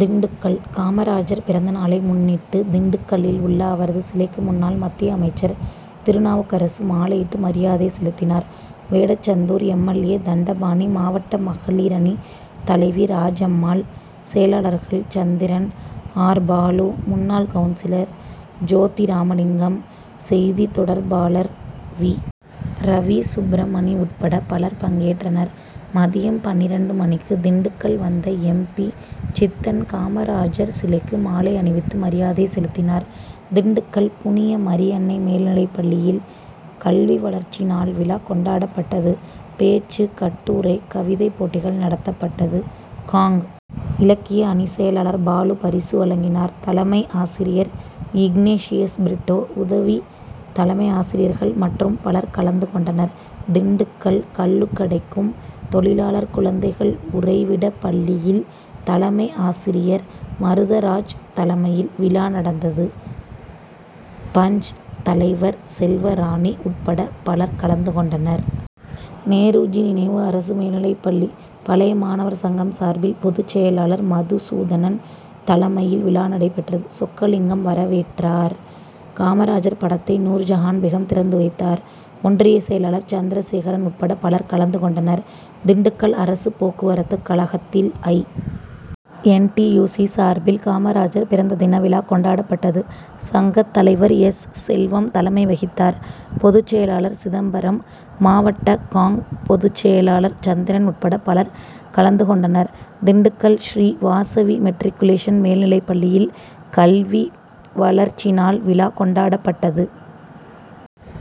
திண்டுக்கல் காமராஜர் பிறந்த நாளை முன்னிட்டு திண்டுக்கல்லில் உள்ள அவரது சிலைக்கு முன்னாள் மத்திய அமைச்சர் திருநாவுக்கரசு மாலையிட்டு மரியாதை செலுத்தினார். Vedasandur M. L. A., Thandapani, மாவட்ட மகளிரணி தலைவி ராஜம்மாள், செயலாளர்கள் சந்திரன், ஆர். பாலு, முன்னாள் கவுன்சிலர் ஜோதிராமலிங்கம், செய்தி தொடர் பாளர் வி. ரவிசுப்ரமணி உட்பட பலர் பங்கேற்றனர். மதியம் பன்னிரண்டு மணிக்கு திண்டுக்கல் வந்த எம். பி.,சித்தன் காமராஜர் சிலைக்கு மாலை அணிவித்து மரியாதை செலுத்தினார். திண்டுக்கல் புனிய மரியன்னை மேல்நிலைப்பள்ளியில் கல்வி வளர்ச்சி நாள் விழா கொண்டாடப் பட்டது. பேச்சு, கட்டுரை, கவிதை போட்டிகள் நடத்தப்பட்டது. காங்., இலக்கிய அணி செயலாளர் பாலு பரிசு வழங்கினார். தலைமை ஆசிரியர் இக்னேஷியஸ் பிரிட்டோ உதவி தலைமை ஆசிரியர்கள் மற்றும் பலர் கலந்து கொண்டனர். திண்டுக்கல் கல்லுகடைக்கும் தொழிலாளர் குழந்தைகள் உறைவிட பள்ளியில் தலைமை ஆசிரியர் மருதராஜ் தலைமையில் விழா நடந்தது. பஞ்., தலைவர் செல்வராணி உட்பட பலர் கலந்து கொண்டனர். நேருஜி நினைவு அரசு மேல்நிலைப்பள்ளி பழைய மாணவர் சங்கம் சார்பில் பொதுச் செயலாளர் மதுசூதனன் தலைமையில் விழா நடைபெற்றது. சொக்கலிங்கம் வரவேற்றார். காமராஜர் படத்தை நூர்ஜகான் பேகம் திறந்து வைத்தார். ஒன்றிய செயலாளர் சந்திர சேகரன் உட்பட பலர் கலந்து கொண்டனர். திண்டுக்கல் அரசு போக்குவரத்து கழகத்தில் I. N. T. U. C. சார்பில் காமராஜர் பிறந்த தின விழா கொண்டாடப்பட்டது. சங்கத் தலைவர் எஸ். செல்வம் தலைமை வகித் தார். பொதுச் செயலாளர் சிதம்பரம், மாவட்ட காங்., பொதுச் செயலாளர் சந்திரன் உட்பட பலர் கலந்து கொண்டனர். திண்டுக்கல் ஸ்ரீ வாசவி மெட்ரிக் குலேசன் மேல்நிலைப்பள்ளியில் கல்வி வளர்ச்சிநாள் விழா கொண்டாடப்பட்டது.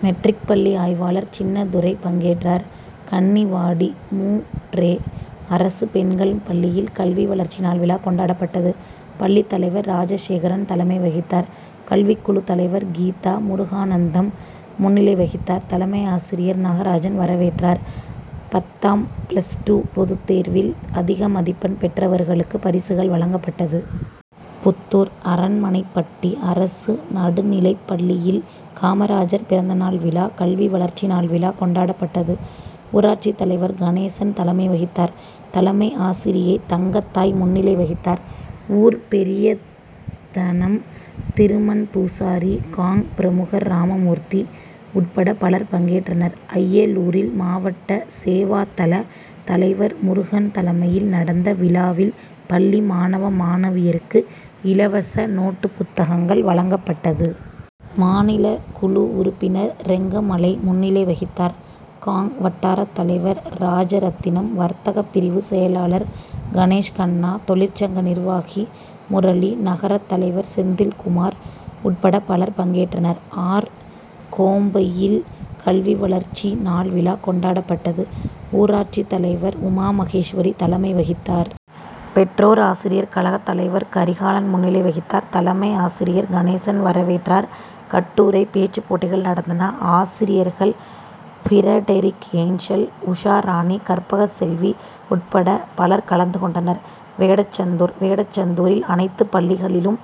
மெட்ரிக் பள்ளி ஆய்வாளர் சின்னதுரை பங்கேற்றார். கன்னிவாடி மூ. ரெ. அரசு பெண்கள் பள்ளியில் கல்வி வளர்ச்சி நாள் விழா கொண்டாடப்பட்டது. பள்ளித்தலைவர் ராஜசேகரன் தலை மை வகித்தார். கல்விக்குழு தலைவர் கீதா முருகானந்தம் முன்னிலை வகித்தார். தலைமை ஆசிரியர் நாகராஜன் வரவேற்றார். பத்தாம், பிளஸ் டூ பொது தேர்வில் அதிக மதிப்பெண் பெற்றவர்களுக்கு பரிசுகள் வழங்கப்பட்டது. புத்தூர் அரண்மனைப்பட்டி அரசு நடுநிலைப்பள்ளியில் காமராஜர் பிறந்த நாள் விழா, கல்வி வளர்ச்சி நாள் விழா கொண்டாடப்பட்டது. ஊராட்சித் தலைவர் கணேசன் தலைமை வகித்தார். தலைமை ஆசிரியை தங்கத்தாய் முன்னிலை வகித்தார். ஊர் பெரியதனம் திருமன்பூசாரி, காங். பிரமுகர் ராமமூர்த்தி உட்பட பலர் பங்கேற்றனர். அய்யலூரில் மாவட்ட சேவாதள தலைவர் முருகன் தலைமையில் நடந்த விழாவில் பள்ளி மாணவ, மாணவியருக்கு இலவச நோட்டுபுத்தகங்கள் வழங்கப் பட்டது. மாநில குழு உறுப்பினர் ரெங்கமலை முன்னிலை வகித்தார். காங். வட்டார தலைவர் ராஜரத்தினம், வர்த்தக பிரிவு செயலாளர் கணேஷ்கண்ணா, தொழிற்சங்க நிர்வாகி முரளி, நகரத் தலைவர் செந்தில்குமார் உட்பட பலர் பங்கேற்றனர். ஆர். கோம்பையில் கல்வி வளர்ச்சி நாள் விழா கொண்டாடப்பட்டது. ஊராட்சி தலைவர் உமாமகேஸ்வரி தலைமை வகித்தார். பெற்றோர் ஆசிரியர் கழக தலைவர் கரிகாலன் முன்னிலை வகித்தார். தலைமை ஆசிரியர் கணேசன் வரவேற்றார். கட்டுரை, பேச்சு போட்டிகள் நடந்தன. ஆசிரியர்கள் பிரடெரிக் ஏஞ்சல், உஷாராணி, கற்பகசெல்வி உட்பட பலர் கலந்துகொண்டனர். வேடசந்தூர்: வேடசந்தூரில் அனைத்து பள்ளிகளிலும்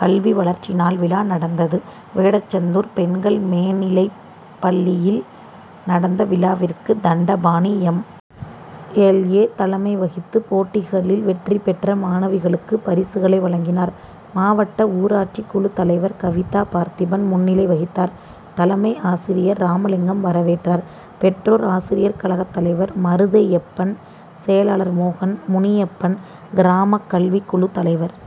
கல்வி வளர்ச்சி நாள் விழா நடந்தது. வேடசந்தூர் பெண்கள் மேனிலைப்பள்ளியில் நடந்த விழாவிற்கு தண்டபாணி எம். எல். ஏ. தலைமை வகித்து போட்டிகளில் வெற்றி பெற்ற மாணவிகளுக்கு பரிசுகளை வழங்கினார். மாவட்ட ஊராட்சி குழு தலைவர் கவிதா பார்த்திபன் முன்னிலை வகித்தார். தலைமை ஆசிரியர் ராமலிங்கம் வரவேற்றார். பெற்றோர் ஆசிரியர் கழக தலைவர் மருதையப்பன், செயலாளர் மோகன், முனியப்பன், கிராம கல்வி குழு தலைவர்